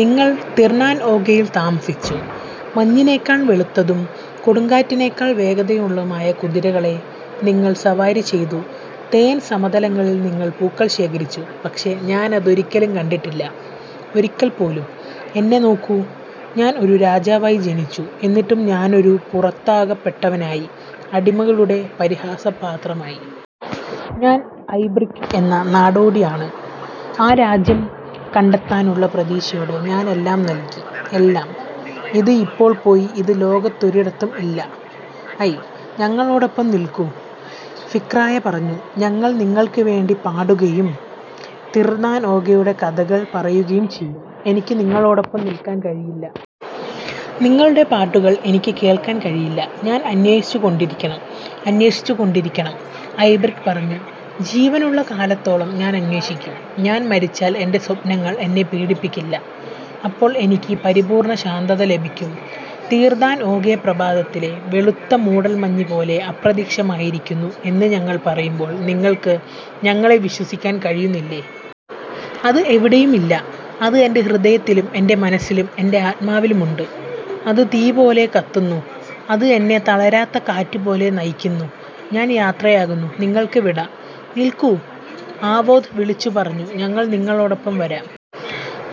നിങ്ങൾ തിർ-നാൻ-ഓഗെയിൽ താമസിച്ചു; മഞ്ഞിനേക്കാൾ വെളുത്തതും കൊടുങ്കാറ്റിനെക്കാൾ വേഗതയുള്ളതുമായ കുതിരകളെ നിങ്ങൾ സവാരി ചെയ്തു; തേൻ സമതലത്തിൽ നിങ്ങൾ പൂക്കൾ ശേഖരിച്ചു. പക്ഷേ ഞാൻ അത് ഒരിക്കലും കണ്ടിട്ടില്ല ഒരിക്കൽ പോലും! എന്നെ നോക്കൂ! ഞാൻ ഒരു രാജാവായി ജനിച്ചു! എന്നിട്ടും ഞാൻ ഒരു പുറത്താക്കപ്പെട്ടവനായി, അടിമകളുടെ പരിഹാസപാത്രമായി! ഞാൻ ഐബ്രിക് എന്ന നാടോടി ആണ്! ആ രാജ്യം കണ്ടെത്താനുള്ള പ്രതീക്ഷയോടെ ഞാൻ എല്ലാം നൽകി--എല്ലാം. അത് ഇപ്പോൾ പോയി അത് ലോകത്തൊരിടത്തും ഇല്ല! "। "ഞങ്ങളോടൊപ്പം നിൽക്കൂ," ഫിയാക്ര പറഞ്ഞു, "ഞങ്ങൾ നിങ്ങൾക്കുവേണ്ടി പാടുകയും തിർ-നാൻ-ഓഗെയുടെ കഥകൾ പറയുകയും ചെയ്യും. " "എനിക്ക് നിങ്ങളോടൊപ്പം നിൽക്കാൻ കഴിയില്ല! നിങ്ങളുടെ പാട്ടുകൾ എനിക്ക് കേൾക്കാൻ കഴിയില്ല! ഞാൻ അന്വേഷിച്ചുകൊണ്ടിരിക്കണം; അന്വേഷിച്ചുകൊണ്ടിരിക്കണം" ഐബ്രിക് പറഞ്ഞു. "ജീവനുള്ള കാലത്തോളം ഞാൻ അന്വേഷിക്കും. ഞാൻ മരിച്ചാൽ എന്റെ സ്വപ്നങ്ങൾ എന്നെ പീഡിപ്പിക്കില്ല. അപ്പോൾ എനിക്ക് പരിപൂർണ്ണ ശാന്തത ലഭിക്കും. " "തിർ-നാൻ-ഓഗെ പ്രഭാതത്തിലെ വെളുത്ത മൂടൽമഞ്ഞ് പോലെ അപ്രത്യക്ഷമായിരിക്കുന്നു എന്ന് ഞങ്ങൾ പറയുമ്പോൾ നിങ്ങൾക്ക് ഞങ്ങളെ വിശ്വസിക്കാൻ കഴിയുന്നില്ലേ? അത് എവിടെയും ഇല്ല. " "അത് എന്റെ ഹൃദയത്തിലും എന്റെ മനസ്സിലും എന്റെ ആത്മാവിലും ഉണ്ട്! അത് തീ പോലെ കത്തുന്നു! അത് എന്നെ തളരാത്ത കാറ്റ് പോലെ നയിക്കുന്നു! ഞാൻ യാത്രയാകുന്നു. നിങ്ങള്ക്ക് വിട! " "നിൽക്കൂ! " ആവോദ് വിളിച്ചുപറഞ്ഞു, "ഞങ്ങൾ നിങ്ങളോടൊപ്പം വരാം.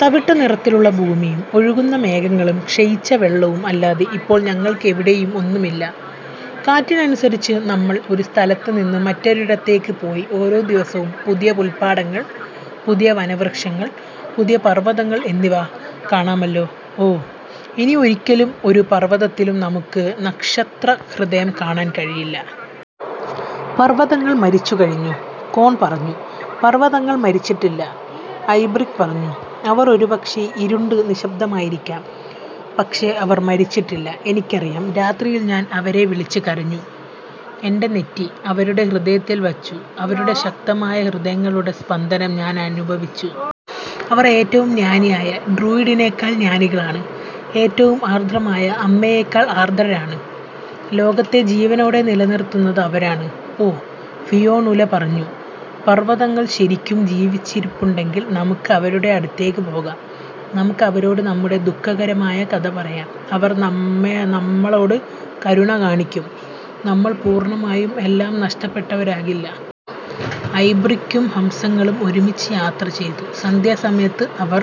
തവിട്ടുനിറത്തിലുള്ള ഭൂമിയും ഒഴുകുന്ന മേഘങ്ങളും ക്ഷയിച്ച വെള്ളവും അല്ലാതെ ഇപ്പോൾ ഞങ്ങൾക്ക് എവിടേയും ഒന്നുമില്ല. കാറ്റിനനുസരിച്ച് നമ്മൾ ഒരു സ്ഥലത്ത് നിന്ന് മറ്റൊരിടത്തേക്ക് പോയി ഓരോ ദിവസവും പുതിയ പുല്പാടങ്ങൾ, പുതിയ വനവൃക്ഷങ്ങൾ, പുതിയ പർവതങ്ങൾ എന്നിവ കാണാമല്ലോ! ഓ, ഇനി ഒരിക്കലും ഒരു പർവതത്തിലും നമുക്ക് നക്ഷത്രഹൃദയം കാണാൻ കഴിയില്ല! " "പർവതങ്ങൾ മരിച്ചു കഴിഞ്ഞു," കോൺ പറഞ്ഞു. "പർവതങ്ങൾ മരിച്ചിട്ടില്ല," ഐബ്രിക് പറഞ്ഞു. "അവർ ഒരുപക്ഷേ ഇരുണ്ട് നിശബ്ദമായിരിക്കാം, പക്ഷേ അവർ മരിച്ചിട്ടില്ല. എനിക്കറിയാം. രാത്രിയിൽ ഞാൻ അവരെ വിളിച്ച് കരഞ്ഞു, എന്റെ നെറ്റി അവരുടെ ഹൃദയത്തിൽ വച്ചു, അവരുടെ ശക്തമായ ഹൃദയങ്ങളുടെ സ്പന്ദനം ഞാന് അനുഭവിച്ചു. അവർ ഏറ്റവും ജ്ഞാനിയായ ഡ്രൂയിഡിനേക്കാൾ ജ്ഞാനികളാണ്, ഏറ്റവും ആർദ്രമായ അമ്മയേക്കാൾ ആർദ്രരാണ്. ലോകത്തെ ജീവനോടെ നിലനിർത്തുന്നത് അവരാണ്. " "ഓ," ഫിയോണുല പറഞ്ഞു, "പർവതങ്ങൾ ശരിക്കും ജീവിച്ചിരിപ്പുണ്ടെങ്കിൽ നമുക്ക് അവരുടെ അടുത്തേക്ക് പോകാം; നമുക്ക് അവരോട് നമ്മുടെ ദുഃഖകരമായ കഥ പറയാം. അവർ നമ്മളോട് കരുണ കാണിക്കും, നമ്മൾ പൂർണ്ണമായും എല്ലാം നഷ്ടപ്പെട്ടവരാകില്ല. " ഐബ്രിക്കും ഹംസങ്ങളും ഒരുമിച്ച് യാത്ര ചെയ്തു, സന്ധ്യാസമയത്ത് അവർ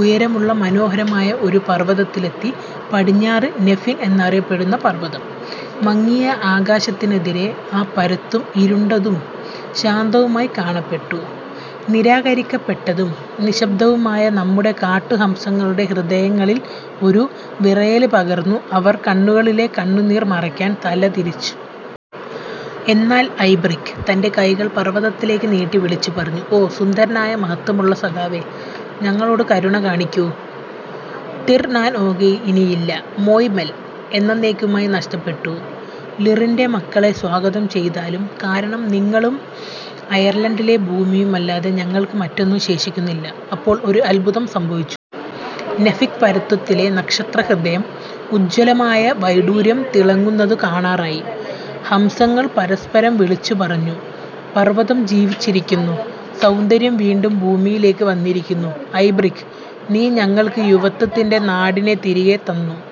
ഉയരമുള്ള മനോഹരമായ ഒരു പർവതത്തിലെത്തി പടിഞ്ഞാറ് നെഫിൻ എന്നറിയപ്പെടുന്ന പർവതം. മങ്ങിയ ആകാശത്തിനെതിരെ ആ പര്വതും ഇരുണ്ടതും ശാന്തവുമായി കാണപ്പെട്ടു. നിരാകരിക്കപ്പെട്ടതും, നിശബ്ദവുമായ നമ്മുടെ കാട്ടു ഹംസങ്ങളുടെ ഹൃദയങ്ങളിൽ ഒരു വിറയല് പകർന്നു: അവർ കണ്ണുകളിലെ കണ്ണുനീർ മറയ്ക്കാൻ തല തിരിച്ചു. എന്നാൽ ഐബ്രിക് തന്റെ കൈകൾ പർവതത്തിലേക്ക് നീട്ടി വിളിച്ചുപറഞ്ഞു: "ഓ സുന്ദരനായ മഹത്വമുള്ള സഖാവേ, ഞങ്ങളോട് കരുണ കാണിക്കൂ! തിർ-നാൻ-ഓഗെ ഇനിയില്ല, മോയ്-മെൽ എന്നെന്നേക്കുമായി നഷ്ടപ്പെട്ടു! ലിറിന്റെ മക്കളെ സ്വാഗതം ചെയ്താലും, കാരണം നിങ്ങളും അയർലണ്ടിന്റെ ഭൂമിയും അല്ലാതെ ഞങ്ങൾക്ക് മറ്റൊന്നും ശേഷിക്കുന്നില്ല! " അപ്പോൾ ഒരു അത്ഭുതം സംഭവിച്ചു. നെഫിന് പര്വതത്തിന്റെ നക്ഷത്രഹൃദയം ഉജ്വലമായ വൈഡൂര്യം തിളങുന്നത് കാണാറായി! ഹംസങ്ങൾ പരസ്പരം വിളിച്ചുപറഞ്ഞു: "പർവ്വതം ജീവിച്ചിരിക്കുന്നു! സൗന്ദര്യം വീണ്ടും ഭൂമിയിലേക്ക് വന്നിരിക്കുന്നു! ഐബ്രിക്, നീ ഞങ്ങൾക്ക് യുവത്വത്തിന്റെ നാടിനെ തിരികെ തന്നു! "